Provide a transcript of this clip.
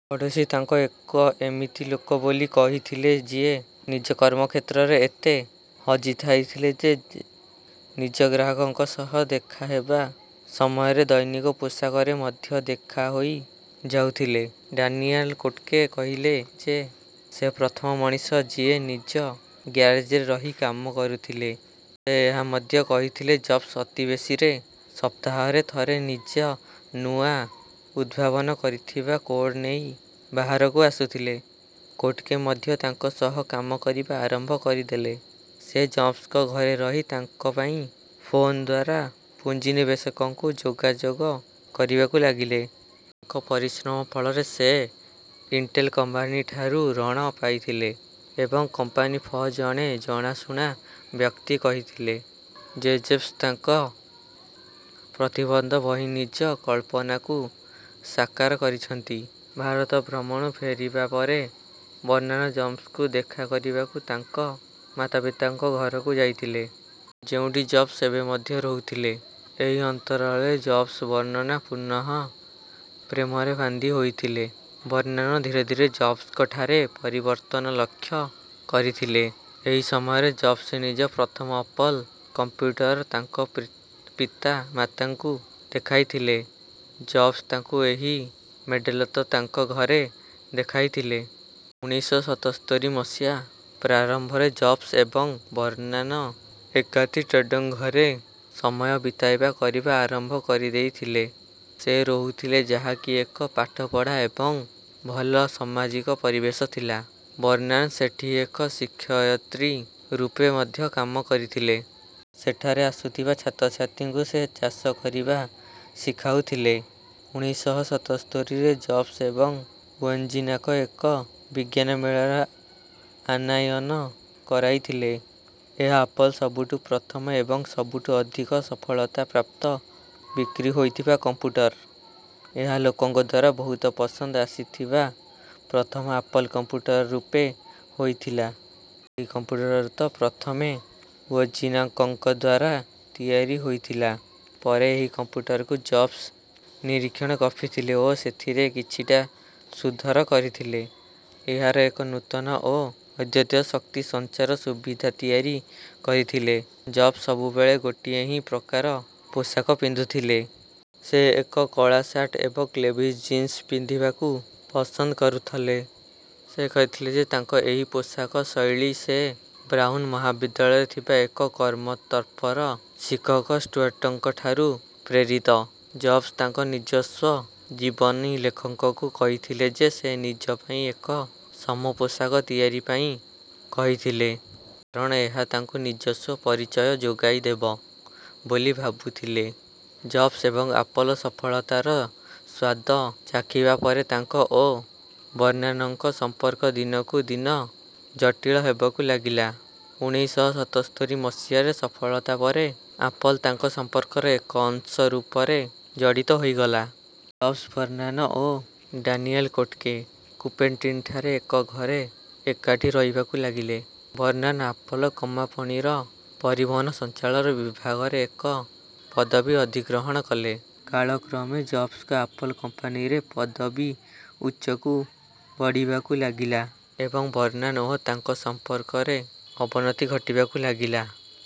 ପଡୋଶୀ ତାଙ୍କୁ ଏକ ଏମିତି ଲୋକ ବୋଲି କହିଥିଲେଯିଏ ନିଜ କର୍ମ କ୍ଷେତ୍ରରେ ଏତେ ହଜିଯାଇଥିଲେ ଯେ ନିଜ ଗ୍ରାହକଙ୍କ ସହ ଦେଖା ହେବ ସମୟରେ ଦୈନିକ ପୋଷାକରେ ମଧ୍ୟ ଦେଖା ହୋଇ ଯାଉଥିଲେ। ଡାନିଆଲ କୋଟ୍କେ କହିଲେ ଯେ ସେ ପ୍ରଥମ ମଣିଷ ଯିଏ ନିଜ ଗ୍ୟାରେଜରେ ରହି କାମ କରୁଥିଲେ। ସେ ଏହା ମଧ୍ୟ କହିଥିଲେ ଜବ୍ସ ଅତି ବେଶିରେ ସପ୍ତାହରେ ଥରେ ନିଜ ନୂଆ ଉଦ୍ଭାବନ କରିଥିବା କୋଡ ନେଇ ବାହାରକୁ ଆସୁଥିଲେ। କୋଟକେ ମଧ୍ୟ ତାଙ୍କ ସହ କାମ କରିବା ଆରମ୍ଭ କରିଦେଲେ। ସେ ଜବ୍ସଙ୍କ ଘରେ ରହି ତାଙ୍କ ପାଇଁ ଫୋନଦ୍ୱାରା ପୁଞ୍ଜିନିବେଷକଙ୍କୁ ଯୋଗାଯୋଗ କରିବାକୁ ଲାଗିଲେ। ତାଙ୍କ ପରିଶ୍ରମ ଫଳରେ ସେ ଇଣ୍ଟେଲ କମ୍ପାନୀ ଠାରୁ ଋଣ ପାଇଥିଲେ। ଏବଂ କମ୍ପାନୀ ଫ ଜଣେ ଜଣାଶୁଣା ବ୍ୟକ୍ତି କହିଥିଲେ ଯେଜବ୍ସ ତାଙ୍କ ପ୍ରତିବନ୍ଧ ଭହିଁ ନିଜ କଳ୍ପନାକୁ ସାକାର କରିଛନ୍ତି। ଭାରତ ଭ୍ରମଣରୁ ଫେରିବା ପରେ ବର୍ନାନ ଜବ୍ସଙ୍କୁ ଦେଖା କରିବାକୁ ତାଙ୍କ ମତାପିତାଙ୍କ ଘରକୁ ଯାଇଥିଲେ। ଯେଉଁଠି ଜବ୍ସ ଏବେ ମଧ୍ୟ ରହୁଥିଲେ। ଏହି ଅନ୍ତରାଳରେ ଜବ୍ସ ବର୍ନାନ ପୁନଃ ପ୍ରେମରେ ବାନ୍ଧି ହୋଇଥିଲେ। ବର୍ନାନ ଧୀରେ ଧୀରେ ଜବ୍ସଙ୍କଠାରେ ପରିବର୍ତ୍ତନ ଲକ୍ଷ କରିଥିଲେ। ଏହି ସମୟରେ ଜବ୍ସ ନିଜ ପ୍ରଥମ ଅପଲ୍ କଂପୁଟର ତାଙ୍କ ପିତା ମାତାଙ୍କୁ ଦେଖାଇଥିଲେ। ଜବ୍ସ ତାଙ୍କୁ ଏହି ମଡେଲ ତ ତାଙ୍କ ଘରେ ଦେଖାଇଥିଲେ। ଉଣେଇଶ ଶହ ସତସ୍ତରୀରେ ମସିହା ପ୍ରାରମ୍ଭରେ ଜବ୍ସ ଏବଂ ବର୍ନାନ ଏକାଠି ତାଙ ଘରେ ସମୟ ବିତାଇବା କରିବା ଆରମ୍ଭ କରିଦେଇଥିଲେ। ସେ ରହୁଥିଲେ ଯାହା କି ଏକ ପାଠପଢ଼ା ଏବଂ ଭଲ ସାମାଜିକ ପରିବେଶ ଥିଲା। ବର୍ନାନ ସେଠୀ ଏକ ଶିକ୍ଷୟତ୍ରୀ ରୂପେ ମଧ୍ୟ କାମ କରିଥିଲେ। ସେଠାରେ ଆସୁଥିବା ଛାତ୍ରଛାତ୍ରୀଙ୍କୁ ସେ ଚାଷ କରିବା ଶିଖାଉଥିଲେ। ଉଣେଇଶ ଶହ ସତସ୍ତରୀରେ ଜବ୍ସ ଏବଂ ୱଜିନାକ ଏକ ବିଜ୍ଞାନମେଳାରେ ଆନୟନ କରାଇଥିଲେ। ଏହା ଆପଲ୍ର ସବୁଠୁ ପ୍ରଥମ ଏବଂ ସବୁଠୁ ଅଧିକ ସଫଳତା ପ୍ରାପ୍ତ ବିକ୍ରି ହୋଇଥିବା କମ୍ପୁଟର । ଏହା ଲୋକଙ୍କଦ୍ୱାରା ବହୁତ ପସନ୍ଦ ଆସିଥିବା ପ୍ରଥମ ଅପଲ୍ କମ୍ପୁଟର ରୂପେ ହୋଇଥିଲା। ଏହି କମ୍ପୁଟର ତ ପ୍ରଥମେ ୱଜିନାଙ୍କଙ୍କଦ୍ୱାରା ତିଆରି ହୋଇଥିଲା। ପରେ ଏହି କମ୍ପୁଟରକୁ ଜବ୍ସ ନିରୀକ୍ଷଣ କଫିଥିଲେ ଓ ସେଥିରେ କିଛିଟା ସୁଧର କରିଥିଲେ। ଏହାର ଏକ ନୂତନ ଓ ଅଦ୍ୟିତୀୟ ଶକ୍ତି ସଂଚାର ସୁବିଧା ତିଆରି କରିଥିଲେ ଜବ୍ସ ସବୁ ବେଳେ ଗୋଟିଏ ହିଁ ପ୍ରକାର ପୋଷାକ ପିନ୍ଧୁଥିଲେ। ସେ ଏକ କଳା ସାର୍ଟ ଏବଂ ଲେଭିସ ଜିନ୍ସ ପିନ୍ଧିବାକୁ ପସନ୍ଦ କରୁଥଲେ। ସେ କହିଥିଲେ ଯ୍ ତାଙ୍କ ଏହି ପୋଷାକ ଶୈଳୀ ସେ ବ୍ରାଉନ ମହାବିଦ୍ୟାଳୟରେ ଥିବା ଏକ କର୍ମ ତତ୍ପର ଶିକ୍ଷକ ଷ୍ଟୁଆର୍ଟଙ୍କ ଠାରୁ ପ୍ରେରିିତ। ଜବ୍ସ ତାଙ୍କ ନିଜସ୍ୱ ଜୀବନୀଲେଖକଙ୍କୁ କହିଥିଲେ ଯେ ସେ ନିଜ ପାଇଁ ଏକ ସମପୋଷାକ ତିଆରି ପାଇଁ କହିଥିଲେ। କାରଣ ଏହା ତାଙ୍କୁ ନିଜସ୍ୱ ପରିଚୟ ଯୋଗାଇ ଦେବ ବୋଲି ଭାବୁଥିଲେ। ଜବ୍ସ ଏବଂ ଆପଲ୍ ସଫଳତାର ସ୍ୱାଦ ଚାଖିବା ପରେତାଙ୍କ ଓ ବର୍ନାନଙ୍କ ସମ୍ପର୍କ ଦିନକୁ ଦିନ ଜଟିଳ ହେବକୁ ଲାଗିଲା। ଉଣେଇଶ ଶହ ସତସ୍ତରୀ ମସିହାରେ ସଫଳତା ପରେ ଆପଲ୍ ତାଙ୍କ ସମ୍ପର୍କର ଏକ ଅଂଶ ରୂପରେ ଜଡ଼ିତ ହୋଇ ଗଲା। ଜବ୍ସବର୍ନାନ ଓ ଡାନିଏଲ କୋଟ୍କେ କୁପେର୍ଟିନଠାରେ ଏକ ଘରେ ଏକାଠି ରହିବାକୁ ଲାଗିଲେ। ବର୍ନାନ ଆପଲ୍ କମାପଣିର ପରିବହନ ସଂଚାଳନ ବିଭାଗରେ ଏକ ପଦବୀ ଅଧିଗ୍ରହଣ କଲେ। କାଳ କ୍ରମେ ଜବ୍ସଙ୍କ ଆପଲ୍ କମ୍ପାନୀରେ ପଦବୀ ଉଚ୍ଚକୁ ବଢ଼ିବାକୁ ଲାଗିଲା ଏବଂ ବର୍ନାନ ଓ ତାଙ୍କ ସମ୍ପର୍କରେ ଅବନତି ଘଟିବାକୁ ଲାଗିଲା।